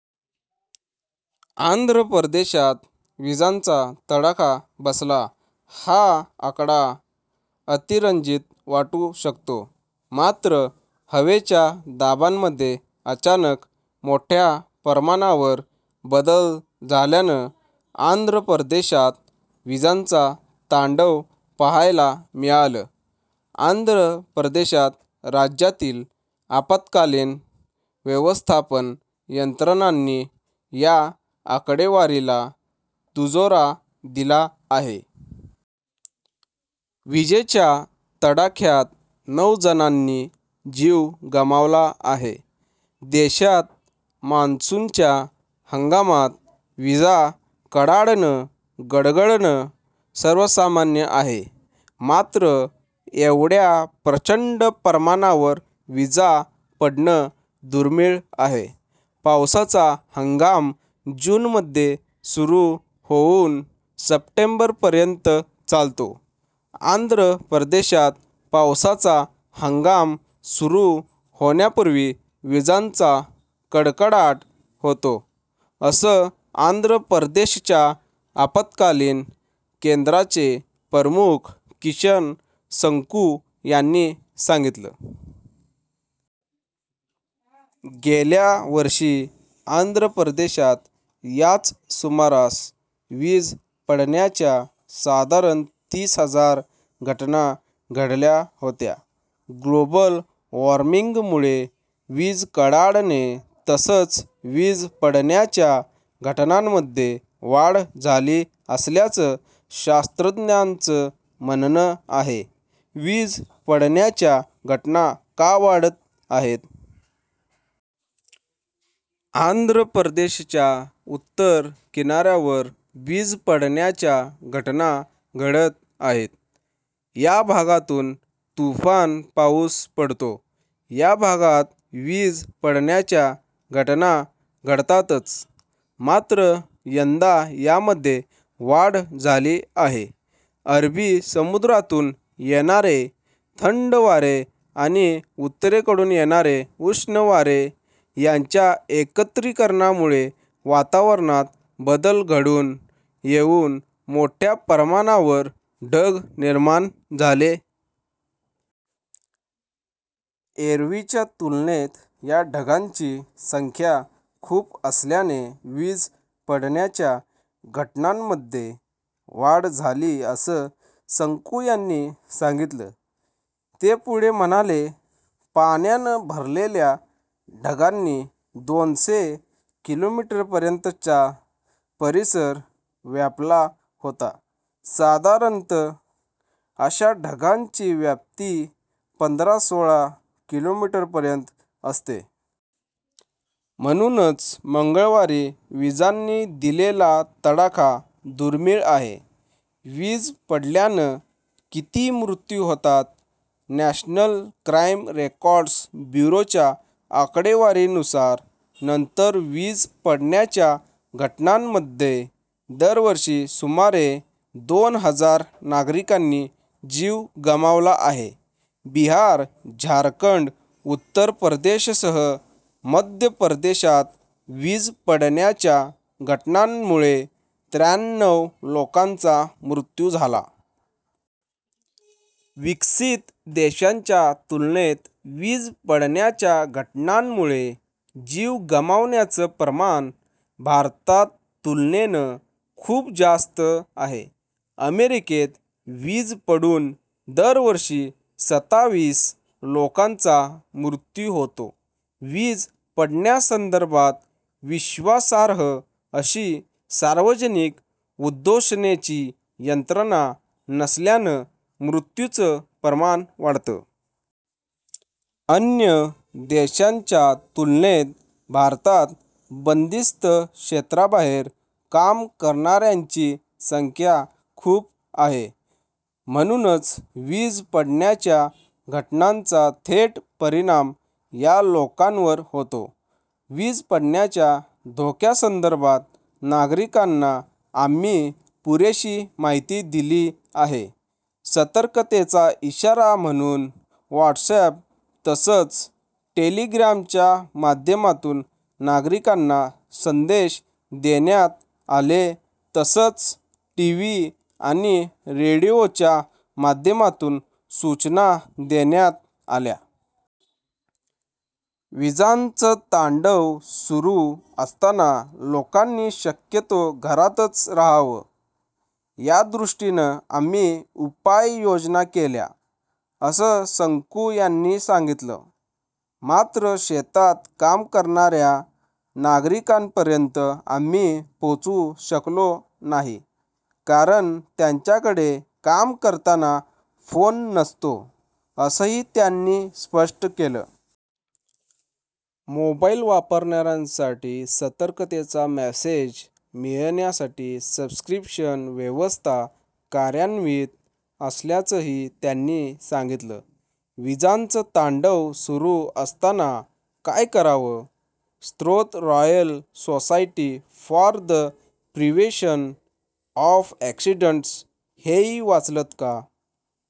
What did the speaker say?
आंध्र प्रदेशात विजांचा तडाखा बसला हा आकडा अतिरंजित वाटू शकतो, मात्र हवेच्या दाबांमध्ये अचानक मोठ्या प्रमाणावर बदल झाल्यानं आंध्र प्रदेशात विजांचं तांडव पाहायला मिळालं. आंध्र प्रदेश राज्यातील आपत्कालीन व्यवस्थापन यंत्रणांनी या आकडेवारीला दुजोरा दिला आहे. विजेच्या तडाख्यात नऊजणांनी जीव गमावला आहे. देशात मान्सूनच्या हंगामात विजा कडाडणं, गडगडणं सर्वसामान्य आहे, मात्र एवढ्या प्रचंड प्रमाणावर विजा पडणं दुर्मीळ आहे. पावसाचा हंगाम जूनमध्ये सुरू होऊन सप्टेंबरपर्यंत चालतो. आंध्र प्रदेशात पावसाचा हंगाम सुरू होण्यापूर्वी विजांचा कडकडाट होतो असं आंध्र प्रदेशच्या आपत्कालीन केंद्राचे प्रमुख किशन संकू यांनी सांगितलं. गेल्या वर्षी आंध्र प्रदेशात याच सुमारास वीज पडण्याच्या साधारण तीस हजार घटना घडल्या होत्या. ग्लोबल वॉर्मिंगमुळे वीज कडाडणे तसंच वीज पडण्याच्या घटनांमध्ये वाढ झाली असल्याचं शास्त्रज्ञांचं म्हणणं आहे. वीज पडण्याच्या घटना का वाढत आहेत? आंध्र प्रदेशच्या उत्तर किनाऱ्यावर वीज पडण्याच्या घटना घडत आहेत. या भागातून तुफान पाऊस पडतो. या भागात वीज पडण्याच्या घटना घडतातच मात्र यंदा यामध्ये वाढ झाली आहे. अरबी समुद्रातून येणारे थंड वारे आणि उत्तरेकडून येणारे उष्ण वारे यांच्या एकत्रीकरणामुळे वातावरणात बदल घडून येऊन मोठ्य़ा प्रमाणावर ढग निर्माण झाले. एरव्हीच्या तुलनेत या ढगांची संख्या खूप असल्याने वीज पडण्याच्या घटनांमध्ये वाढ झाली असं संकू यांनी सांगितलं. ते पुढे म्हणाले पाण्यानं भरलेल्या ढगांनी दोनसे किलोमीटरपर्यंतचा परिसर व्यापला होता. साधारणत: अशा ढगांची व्याप्ती पंधरा -सोळा किलोमीटरपर्यंत असते. म्हणूनच मंगळवारी विजांनी दिलेला तडाखा दुर्मीळ आहे. वीज पडल्यानं किती मृत्यू होतात? नॅशनल क्राइम रेकॉर्ड्स ब्युरोच्या आकडेवारीनुसार, नंतर वीज पडण्याच्या घटनांमध्ये दरवर्षी सुमारे दोन हजार नागरिकांनी जीव गमावला आहे. बिहार, झारखंड, उत्तर प्रदेशसह मध्य प्रदेशात वीज पडण्याच्या घटनांमुळे त्र्याण्णव लोकांचा मृत्यू झाला. विकसित देशांच्या तुलनेत वीज पडण्याच्या घटनांमुळे जीव गमावण्याचं प्रमाण भारतात तुलनेनं खूप जास्त आहे. अमेरिकेत वीज पडून दरवर्षी सताविस लोकांचा मृत्यू होतो. वीज पडण्यासंदर्भात विश्वासार्ह अशी सार्वजनिक उद्घोषणेची यंत्रणा नसल्यानं मृत्यूचं प्रमाण वाढतं. अन्य देशांच्या तुलनेत, भारतात बंदिस्त क्षेत्राबाहेर काम करणाऱ्यांची संख्या खूप आहे. म्हणूनच वीज पडण्याच्या घटनांचा थेट परिणाम या लोकांवर होतो. वीज पडण्याच्या धोक्यासंदर्भात नागरिकांना आम्ही पुरेशी माहिती दिली आहे. सतर्कतेचा इशारा म्हणून व्हॉट्सअप तसंच टेलिग्रामच्या माध्यमातून नागरिकांना संदेश देण्यात आले तसंच टीव्ही आणि रेडिओच्या माध्यमातून सूचना देण्यात आल्या. विजांचं तांडव सुरू असताना लोकांनी शक्यतो घरातच राहावं यादृष्टीनं आम्ही उपाययोजना केल्या, असं संकू यांनी सांगितलं. मात्र शेतात काम करणाऱ्या नागरिकांपर्यंत आम्ही पोहोचू शकलो नाही, कारण त्यांच्याकडे काम करताना फोन नसतो असंही त्यांनी स्पष्ट केलं. मोबाइल वापरणाऱ्यांसाठी सतर्कतेचा मेसेज मिळण्यासाठी सबस्क्रिप्शन व्यवस्था कार्यान्वित असल्याचंही त्यांनी सांगितलं. विजांचं तांडव सुरू असताना काय करावं? स्रोत- Royal Society for the Prevention of Accidents हेही वाचलंत का?